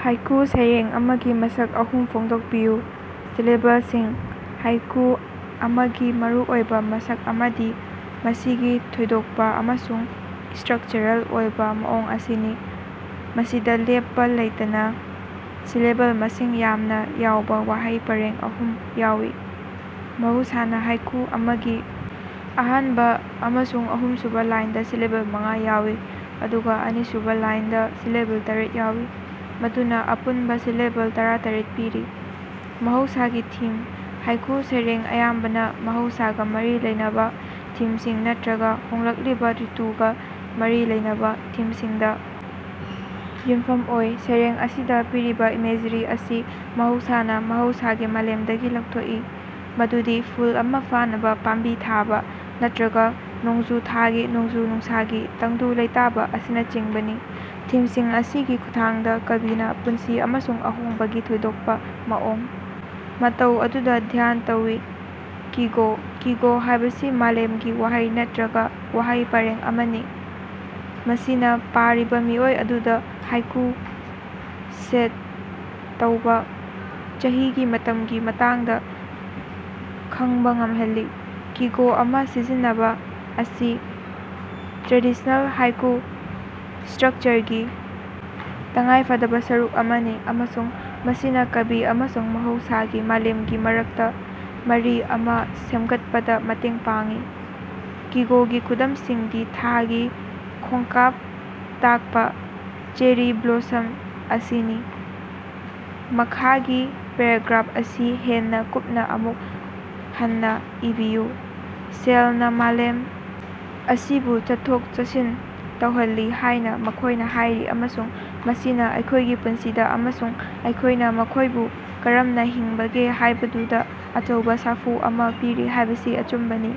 Haiku ꯁꯩꯔꯦꯡ ꯑꯃꯒꯤ ꯃꯁꯛ ꯑꯍꯨꯝ ꯐꯣꯡꯗꯣꯛꯄꯤꯌꯨ꯫ ꯁꯤꯂꯦꯕꯜꯁꯤꯡ: ꯍꯥꯏꯀꯨ ꯑꯃꯒꯤ ꯃꯔꯨꯑꯣꯏꯕꯥ ꯃꯁꯛ ꯑꯃꯗꯤ ꯃꯁꯤꯒꯤ ꯊꯣꯏꯗꯣꯛꯄꯥ ꯑꯃꯁꯨꯡ ꯏꯁꯇ꯭ꯔꯛꯆꯔꯦꯜ ꯑꯣꯏꯕꯥ ꯃꯑꯣꯡ ꯑꯁꯤꯅꯤ, ꯃꯁꯤꯗꯥ ꯂꯦꯞꯄꯥ ꯂꯩꯇꯅꯥ ꯁꯤꯂꯦꯕꯜ ꯃꯁꯤꯡ ꯌꯥꯝꯅꯥ ꯌꯥꯎꯕ ꯋꯥꯍꯩ ꯄꯔꯦꯡ ꯑꯍꯨꯝ ꯌꯥꯎꯏ꯫ ꯃꯍꯧꯁꯥꯅꯥ ꯍꯥꯏꯀꯨ ꯑꯃꯒꯤ ꯑꯍꯥꯟꯕ ꯑꯃꯁꯨꯡ ꯑꯍꯨꯝꯁꯨꯕ ꯂꯥꯏꯟꯗꯥ ꯁꯤꯂꯦꯕꯜ ꯃꯉꯥ ꯌꯥꯎꯏ ꯑꯗꯨꯒꯥ ꯑꯅꯤꯁꯨꯕꯥ ꯂꯥꯏꯟꯗꯥ ꯁꯤꯂꯦꯕꯜ ꯇꯥꯔꯦꯠ ꯌꯥꯎꯏ꯫ ꯃꯗꯨꯅꯥ ꯑꯄꯨꯟꯕꯥ ꯁꯤꯂꯦꯕꯜ ꯇꯔꯥꯇꯔꯦꯠ ꯄꯤꯔꯤ꯫ ꯃꯍꯧꯁꯥꯒꯤ ꯊꯤꯝ: ꯍꯥꯏꯀꯨ ꯁꯩꯔꯦꯡ ꯑꯌꯥꯝꯕꯅꯥ ꯃꯍꯧꯁꯥꯒꯥ ꯃꯔꯤ ꯂꯩꯅꯕꯥ ꯊꯤꯝꯁꯤꯡ ꯅꯠꯇ꯭ꯔꯒꯥ ꯍꯣꯡꯂꯛꯂꯤꯕꯥ ꯔꯤꯇꯨꯒꯥ ꯃꯔꯤ ꯂꯩꯅꯕꯥ ꯊꯤꯝꯁꯤꯡꯗꯥ ꯌꯨꯝꯐꯝ ꯑꯣꯏ꯫ ꯁꯩꯔꯦꯡ ꯑꯁꯤꯗꯥ ꯄꯤꯔꯤꯕꯥ ꯏꯃꯦꯖꯔꯤ ꯑꯁꯤ ꯃꯍꯧꯁꯥꯅꯥ ꯃꯍꯧꯁꯥꯒꯤ ꯃꯥꯂꯦꯝꯗꯒꯤ ꯂꯧꯊꯣꯛꯏ, ꯃꯗꯨꯗꯤ ꯐꯨꯜ ꯑꯃꯥ ꯐꯥꯅꯕ, ꯄꯥꯝꯕꯤ ꯊꯥꯕ, ꯅꯠꯇ꯭ꯔꯒꯥ ꯅꯣꯡꯖꯨ ꯊꯥꯒꯤ ꯅꯣꯡꯖꯨ-ꯅꯨꯡꯁꯥꯒꯤ ꯇꯪꯗꯨ ꯂꯩꯇꯥꯕꯥ ꯑꯁꯤꯅꯆꯤꯡꯕꯅꯤ꯫ ꯊꯤꯝꯁꯤꯡ ꯑꯁꯤꯒꯤ ꯈꯨꯠꯊꯥꯡꯗꯥ ꯀꯕꯤꯅꯥ ꯄꯨꯟꯁꯤ ꯑꯃꯁꯨꯡ ꯑꯍꯣꯡꯕꯒꯤ ꯊꯣꯏꯗꯣꯛꯄꯥ ꯃꯑꯣꯡ ꯃꯇꯧ ꯑꯗꯨꯗꯥ ꯙ꯭ꯌꯥꯟ ꯇꯧꯏ꯫ ꯀꯤꯒꯣ: ꯀꯤꯒꯣ ꯍꯥꯏꯕꯁꯤ ꯃꯥꯂꯦꯝꯒꯤ ꯋꯥꯍꯩ ꯅꯠꯇ꯭ꯔꯒꯥ ꯋꯥꯍꯩ ꯄꯔꯦꯡ ꯑꯃꯅꯤ, ꯃꯁꯤꯅꯥ ꯄꯥꯔꯤꯕꯥ ꯃꯤꯑꯣꯏ ꯑꯗꯨꯗꯥ ꯍꯥꯏꯀꯨ ꯁꯦꯠ ꯇꯧꯕꯥ ꯆꯍꯤꯒꯤ ꯃꯇꯝꯒꯤ ꯃꯇꯥꯡꯗꯥ ꯈ ꯪꯕꯥ ꯉꯝꯍꯜꯂꯤ꯫ ꯀꯤꯒꯣ ꯑꯃꯥ ꯁꯤꯖꯤꯟꯅꯕꯥ ꯑꯁꯤ ꯇ꯭ꯔꯦꯗꯤꯁꯅꯦꯜ ꯍꯥꯏꯀꯨ ꯏꯁꯇ꯭ꯔꯛꯆꯔꯒꯤ ꯇꯉꯥꯏꯐꯗꯕꯥ ꯁꯔꯨꯛ ꯑꯃꯅꯤ ꯑꯃꯁꯨꯡ ꯃꯁꯤꯅꯥ ꯀꯕꯤ ꯑꯃꯁꯨꯡ ꯃꯍꯧꯁꯥꯒꯤ ꯃꯥꯂꯦꯝꯒꯤ ꯃꯔꯛꯇꯥ ꯃꯔꯤ ꯑꯃꯥ ꯁꯦꯝꯒꯠꯄꯗꯥ ꯃꯇꯦꯡ ꯄꯥꯡꯏ꯫ ꯀꯤꯒꯣꯒꯤ ꯈꯨꯗꯝꯁꯤꯡꯗꯤ ꯊꯥꯒꯤ ꯈꯣꯡꯀꯥꯞ ꯇꯥꯛꯄꯥ "ꯆꯦꯔꯤ ꯕ꯭ꯂꯣꯁꯝ" ꯑꯁꯤꯅꯤ꯫ ꯃꯈꯥꯒꯤ ꯄꯦꯔꯥꯒ꯭ꯔꯥꯞ ꯑꯁꯤ ꯍꯦꯟꯅꯥ ꯀꯨꯞꯅꯥ ꯑꯃꯨꯛ ꯍꯟꯅꯥ ꯏꯕꯤꯌꯨ꯫ ꯁꯦꯜꯅꯥ ꯃꯥꯂꯦꯝ ꯑꯁꯤꯕꯨ ꯆꯠꯊꯣꯛ-ꯆꯠꯁꯤꯟ ꯇꯧꯍꯜꯂꯤ ꯍꯥꯏꯅꯥ ꯃꯈꯣꯏꯅꯥ ꯍꯥꯏꯔꯤ ꯑꯃꯁꯨꯡ ꯃꯁꯤꯅꯥ ꯑꯩꯈꯣꯏꯒꯤ ꯄꯨꯟꯁꯤꯗꯥ ꯑꯃꯁꯨꯡ ꯑꯩꯈꯣꯏꯅꯥ ꯃꯈꯣꯏꯕꯨ ꯀꯔꯝꯅꯥ ꯍꯤꯡꯕꯒꯦ ꯍꯥꯏꯕꯗꯨꯗꯥ ꯑꯆꯧꯕꯥ ꯁꯥꯐꯨ ꯑꯃꯥ ꯄꯤꯔꯤ ꯍꯥꯏꯕꯁꯤ ꯑꯆꯨꯝꯕꯅꯤ꯫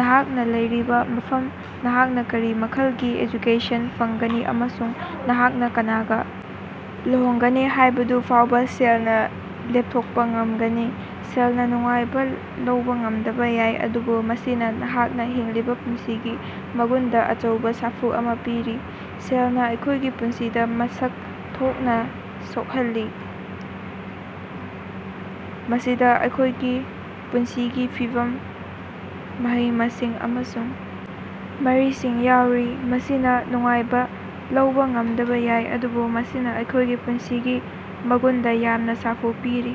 ꯅꯍꯥꯛꯅꯥ ꯂꯩꯔꯤꯕꯥ ꯃꯐꯝ, ꯅꯍꯥꯛꯅꯥ ꯀꯔꯤ ꯃꯈꯜꯒꯤ ꯑꯦꯖꯨꯀꯦꯁꯟ ꯐꯪꯒꯅꯤ ꯑꯃꯁꯨꯡ ꯅꯍꯥꯛꯅꯥ ꯀꯅꯥꯒꯥ ꯂꯨꯍꯣꯡꯒꯅꯤ ꯍꯥꯏꯕꯗꯨ ꯐꯥꯎꯕꯥ ꯁꯦꯜꯅꯥ ꯂꯦꯞꯊꯣꯛꯄꯥ ꯉꯝꯒꯅꯤ꯫ ꯁꯦꯜꯅꯥ ꯅꯨꯡꯉꯥꯏꯕꯥ ꯂꯧꯕꯥ ꯉꯝꯗꯕ ꯌꯥꯏ, ꯑꯗꯨꯕꯨ ꯃꯁꯤꯅꯥ ꯅꯍꯥꯛꯅꯥ ꯍꯤꯡꯂꯤꯕꯥ ꯄꯨꯟꯁꯤꯒꯤ ꯃꯒꯨꯟꯗꯥ ꯑꯆꯧꯕꯥ ꯁꯥꯐꯨ ꯑꯃꯥ ꯄꯤꯔꯤ꯫ ꯁꯦꯜꯅꯥ ꯑꯩꯈꯣꯏꯒꯤ ꯄꯨꯟꯁꯤꯗꯥ ꯃꯁꯛ ꯊꯣꯛꯅꯥ ꯁꯣꯛꯍꯜꯂꯤ, ꯃꯁꯤꯗꯥ ꯑꯩꯈꯣꯏꯒꯤ ꯄꯨꯟꯁꯤꯒꯤ ꯐꯤꯚꯝ, ꯃꯍꯩ-ꯃꯁꯤꯡ ꯑꯃꯁꯨꯡ ꯃꯔꯤꯁꯤꯡ ꯌꯥꯎꯔꯤ꯫ ꯃꯁꯤꯅꯥ ꯅꯨꯡꯉꯥꯏꯕꯥ ꯂꯧꯕꯥ ꯉꯝꯗꯕꯥ ꯌꯥꯏ ꯑꯗꯨꯕꯨ ꯃꯁꯤꯅꯥ ꯑꯩꯈꯣꯏꯒꯤ ꯄꯨꯟꯁꯤꯒꯤ ꯃꯒꯨꯟꯗꯥ ꯌꯥꯝꯅꯥ ꯁꯥꯐꯨ ꯄꯤꯔꯤ꯫